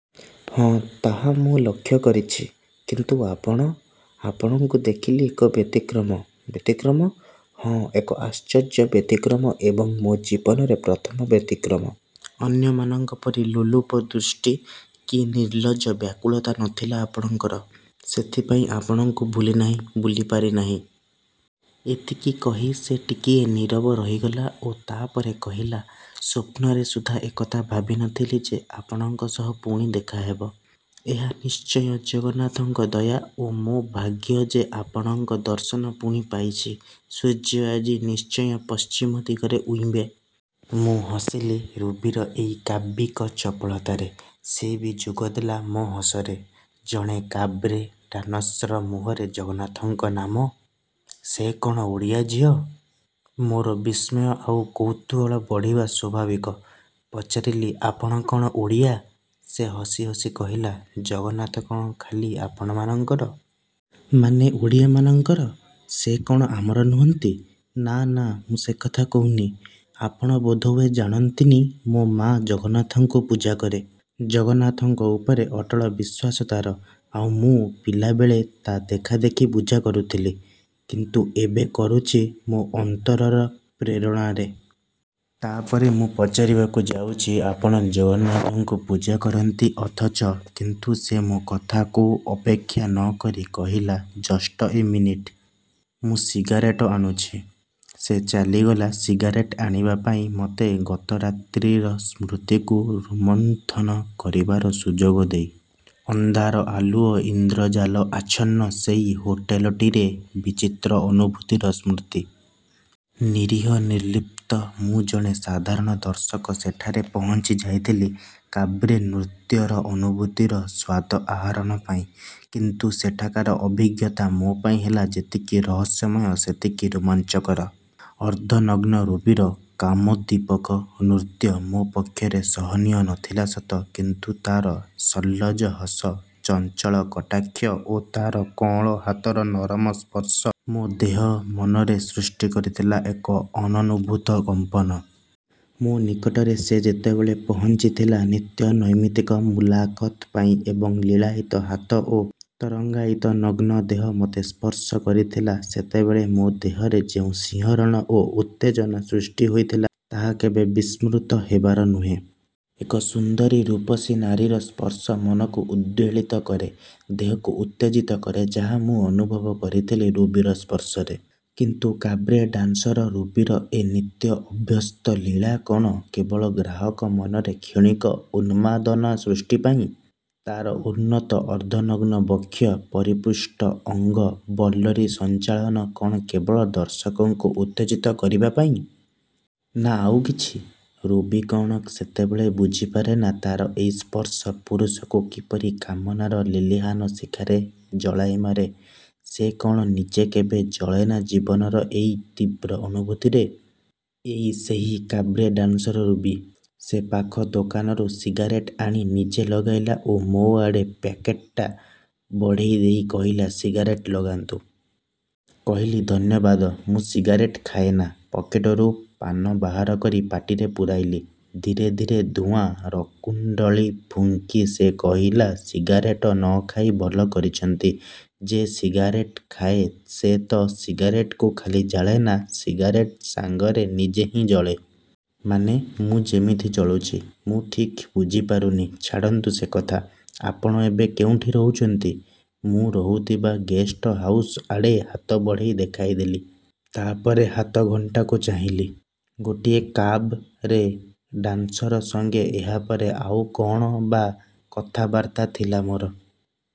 "ହଁ ତାହା ମୁଁ ଲକ୍ଷ୍ୟ କରିଛି... " "କିନ୍ତୁ ଆପଣ? ଆପଣଙ୍କୁ ଦେଖିଲି ଏକ ବ୍ୟତିକ୍ରମ," "ବ୍ୟତିକ୍ରମ? " "ହଁ ଏକ ଆଶ୍ଚର୍ଯ୍ୟ ବ୍ୟତିକ୍ରମ ଏବଂ ମୋ' ଜୀବନରେ ପ୍ରଥମ ବ୍ୟତିକ୍ରମ। ଅନ୍ୟମାନଙ୍କ ପରି ଲୋଲୁପ ଦୃଷ୍ଟି, କି ନିର୍ଲଜ୍ଜ ବ୍ୟାକୁଳତା ନଥିଲା ଆପଣଙ୍କର... ସେଥିପାଇଁ ଆପଣଙ୍କୁ ଭୁଲିନାହିଁ ଭୁଲିପାରିନାହିଁ। " ଏତିକି କହି ସେ ଟିକିଏ ନୀରବ ରହିଗଲା ଓ ତା'ପରେ କହିଲା–ସ୍ଵପ୍ନରେ ସୁଦ୍ଧା ଏକଥା ଭାବିନଥିଲି ଯେ ଆପଣଙ୍କ ସହ ପୁଣି ଦେଖାହେବ। ଏହା ନିଶ୍ଚୟ ଜଗନ୍ନାଥଙ୍କ ଦୟା ଓ ମୋ' ଭାଗ୍ୟ ଯେ ଆପଣଙ୍କ ଦର୍ଶନ ପୁଣି ପାଇଛି। ସୂର୍ଯ୍ୟ ଆଜି ନିଶ୍ଚୟ ପଶ୍ଚିମ ଦିଗରେ ଉଇଁବେ। " ମୁଁ ହସିଲି ରୁବିର ଏଇ କାବ୍ୟିକ ଚପଳତାରେ। ସେ ବି ଯୋଗଦେଲା ମୋ' ହସରେ। ଜଣେ କାବ୍ରେ ଡାନସ୍ର ମୁହଁରେ ଜଗନ୍ନାଥଙ୍କ ନାମ? ସେ କ'ଣ ଓଡ଼ିଆ ଝିଅ? ମୋର ବିସ୍ମୟ ଆଉ କୌତୂହଳ ବଢ଼ିବା ସ୍ଵାଭାବିକ। ପଚାରିଲି–ଆପଣ କ'ଣ ଓଡ଼ିଆ? ସେ ହସି ହସି କହିଲା–ଜଗନ୍ନାଥ କ'ଣ ଖାଲି ଆପଣମାନଙ୍କର। ମାନେ ଓଡ଼ିଆ ମାନଙ୍କର? ସେ କ'ଣ ଆମର ନୁହନ୍ତି? 'ନା–ନା... ମୁଁ ସେ କଥା କହୁନି... ' "ଆପଣ ବୋଧହୁଏ ଜାଣନ୍ତିନି ମୋ' ମାଆ ଜଗନ୍ନାଥଙ୍କୁ ପୂଜା କରେ। ଜଗନ୍ନାଥଙ୍କ ଉପରେ ଅଟଳ ବିଶ୍ଵାସ ତା'ର। ଆଉ ମୁଁ... ପିଲବେଳେ ତା' ଦେଖାଦେଖି ପୂଜା କରୁଥିଲି; କିନ୍ତୁ ଏବେ କରୁଛି ମୋ' ଅନ୍ତରର ପ୍ରେରଣାରେ। ତା'ପରେ ମୁଁ ପଚାରିବାକୁ ଯାଉଛି–ଆପଣ ଜଗନ୍ନାଥଙ୍କୁ ପୂଜା କରନ୍ତି ଅଥଚ... କିନ୍ତୁ ସେ ମୋ' କଥାକୁ ଅପେକ୍ଷା ନକରି କହିଲା–ଜଷ୍ଟ ଏ ମିନିଟ୍। ମୁଁ ସିଗାରେଟ ଆଣୁଛି। ସେ ଚାଲିଗଲା ସିଗାରେଟ୍ ଆଣିବାପାଇଁ ମୋତେ ଗତରାତ୍ରିର ସ୍ମୃତିକୁ ରୋମନ୍ଥନ କରିବାର ସୁଯୋଗ ଦେଇ। ଅନ୍ଧାର ଆଲୁଅ ଇନ୍ଦ୍ର ଜାଲ ଆଚ୍ଛନ୍ନ ସେଇ ହୋଟେଲଟିରେ ବିଚିତ୍ର ଅନୁଭୂତିର ସ୍ମୃତି। ନିରୀହ ନିର୍ଲିପ୍ତ ମୁଁ ଜଣେ ସାଧାରଣ ଦର୍ଶକ ସେଠାରେ ପହଞ୍ଚି ଯାଇଥିଲି କାବ୍ରେ ନୃତ୍ୟର ଅନୁଭୂତିର ସ୍ଵାଦ ଆହରଣ ପାଇଁ; କିନ୍ତୁ ସେଠାକାର ଅଭିଜ୍ଞତା ମୋପାଇଁ ହେଲା ଯେତିକି ରହସ୍ୟମୟ ସେତିକି ରୋମାଞ୍ଚକର। ଅର୍ଦ୍ଧନଗ୍ନ ରୁବିର କାମୋଦ୍ଦୀପକ ନୃତ୍ୟ ମୋ' ପକ୍ଷରେ ସହନୀୟ ନଥିଲା ସତ; କିନ୍ତୁ ତା'ର ସଲ୍ଲଜ ହସ, ଚଞ୍ଚଳ କଟାକ୍ଷ ଓ ତା'ର କଅଁଳ ହାତର ନରମ ସ୍ପର୍ଶ ମୋ' ଦେହ, ମନରେ ସୃଷ୍ଟି କରିଥିଲା ଏକ ଅନନୁଭୂତ କମ୍ପନ। ମୋ' ନିକଟରେ ସେ ଯେତେବେଳେ ପହଞ୍ଚିଥିଲା ନିତ୍ୟ ନୈମିତିକ 'ମୁଲାକତ୍' ପାଇଁ ଏବଂ ଲୀଳାୟିତ ହାତ ଓ ତରଙ୍ଗାୟିତ ନଗ୍ନ ଦେହ ମୋତେ ସ୍ପର୍ଶ କରିଥିଲା ସେତେବେଳେ ମୋ' ଦେହରେ ଯେଉଁ ଶିହରଣ ଓ ଉତ୍ତେଜନା ସୃଷ୍ଟି ହୋଇଥିଲା ତାହା କେବେ ବିସ୍ମୃତ ହେବାର ନୁହେଁ। ଏକ ସୁନ୍ଦରୀ ରୂପସୀ ନାରୀର ସ୍ପର୍ଶ ମନକୁ ଉଦ୍ବେଳିତ କରେ, ଦେହକୁ ଉତ୍ତେଜିତ କରେ ଯାହା ମୁଁ ଅନୁଭବ କରିଥିଲି ରୁବିର ସ୍ପର୍ଶରେ। କିନ୍ତୁ କାବ୍ରେ ଡାନ୍ସର ରୁବିର ଏ ନିତ୍ୟ ଅଭ୍ୟସ୍ତ ଲୀଳା କ'ଣ କେବଳ ଗ୍ରାହକ ମନରେ କ୍ଷଣିକ ଉନ୍ମାଦନା ସୃଷ୍ଟିପାଇଁ? ତା'ର ଉନ୍ନତ ଅର୍ଦ୍ଧନଗ୍ନ ବକ୍ଷ, ପରିପୁଷ୍ଟ ଅଙ୍ଗ ବଲ୍ଲରୀ ସଞ୍ଚାଳନ କ'ଣ କେବଳ ଦର୍ଶକଙ୍କୁ ଉତ୍ତେଜିତ କରିବାପାଇଁ? ନା ଆଉ କିଛି? ରୁବି କ'ଣ ସେତେବେଳେ ବୁଝିପାରେନା ତା'ର ଏଇ ସ୍ପର୍ଶ ପୁରୁଷକୁ କିପରି କାମନାର ଲେଲିହାନ ଶିଖାରେ ଜଳାଇମାରେ। ସେ କ'ଣ ନିଜେ କେବେ ଜଳେନା ଜୀବନର ଏଇ ତୀବ୍ର ଅନୁଭୂତିରେ? ଏଇ ସେହି କାବ୍ରେ ଡାନ୍ସର ରୁବି। ସେ ପାଖ ଦୋକାନରୁ ସିଗାରେଟ୍ ଆଣି ନିଜେ ଲଗାଇଲା ଓ ମୋ' ଆଡ଼େ ପ୍ୟାକେଟ୍ଟା ବଢ଼େଇ ଦେଇ କହିଲା–ସିଗାରେଟ୍ ଲଗାନ୍ତୁ। କହିଲି–'ଧନ୍ୟବାଦ। ମୁଁ ସିଗାରେଟ୍ ଖାଏନା' ପକେଟରୁ ପାନ ବାହାର କରି ପାଟିରେ ପୂରାଇଲି। ଧୀରେ ଧୀରେ ଧୂଆଁ ରକୁଣ୍ତଳୀ ଫୁଙ୍କି ସେ କହିଲା–ସିଗାରେଟ ନଖାଇ ଖୁବ୍ ଭଲକରିଛନ୍ତି। ଯେ ସିଗାରେଟ୍ ଖାଏ ସେ ତ ସିଗାରେଟ୍କୁ ଖାଲି ଜାଳେନା, ସିଗାରେଟ୍ ସାଙ୍ଗରେ ନିଜେ ହିଁ ଜଳେ। "ମାନେ? " 'ମୁଁ ଯେମିତି ଜଳୁଛି। " "ମୁଁ ଠିକ୍ ବୁଝିପାରୁନି... " "ଛାଡ଼ନ୍ତୁ ସେ କଥା। ଆପଣ ଏବେ କେଉଁଠି ରହୁଛନ୍ତି? " ମୁଁ ରହୁଥିବା ଗେଷ୍ଟ ହାଉସ ଆଡ଼େ ହାତ ବଢ଼େଇ ଦେଖାଇଦେଲି। ତା'ପରେ ହାତ ଘଣ୍ଟାକୁ ଚାହିଁଲି। ଗୋଟିଏ କାବ୍ ରେ ଡାନ୍ସର ସଙ୍ଗେ ଏହାପରେ ଆଉ କ'ଣ ବା କଥାବାର୍ତ୍ତା ଥିଲା ମୋର।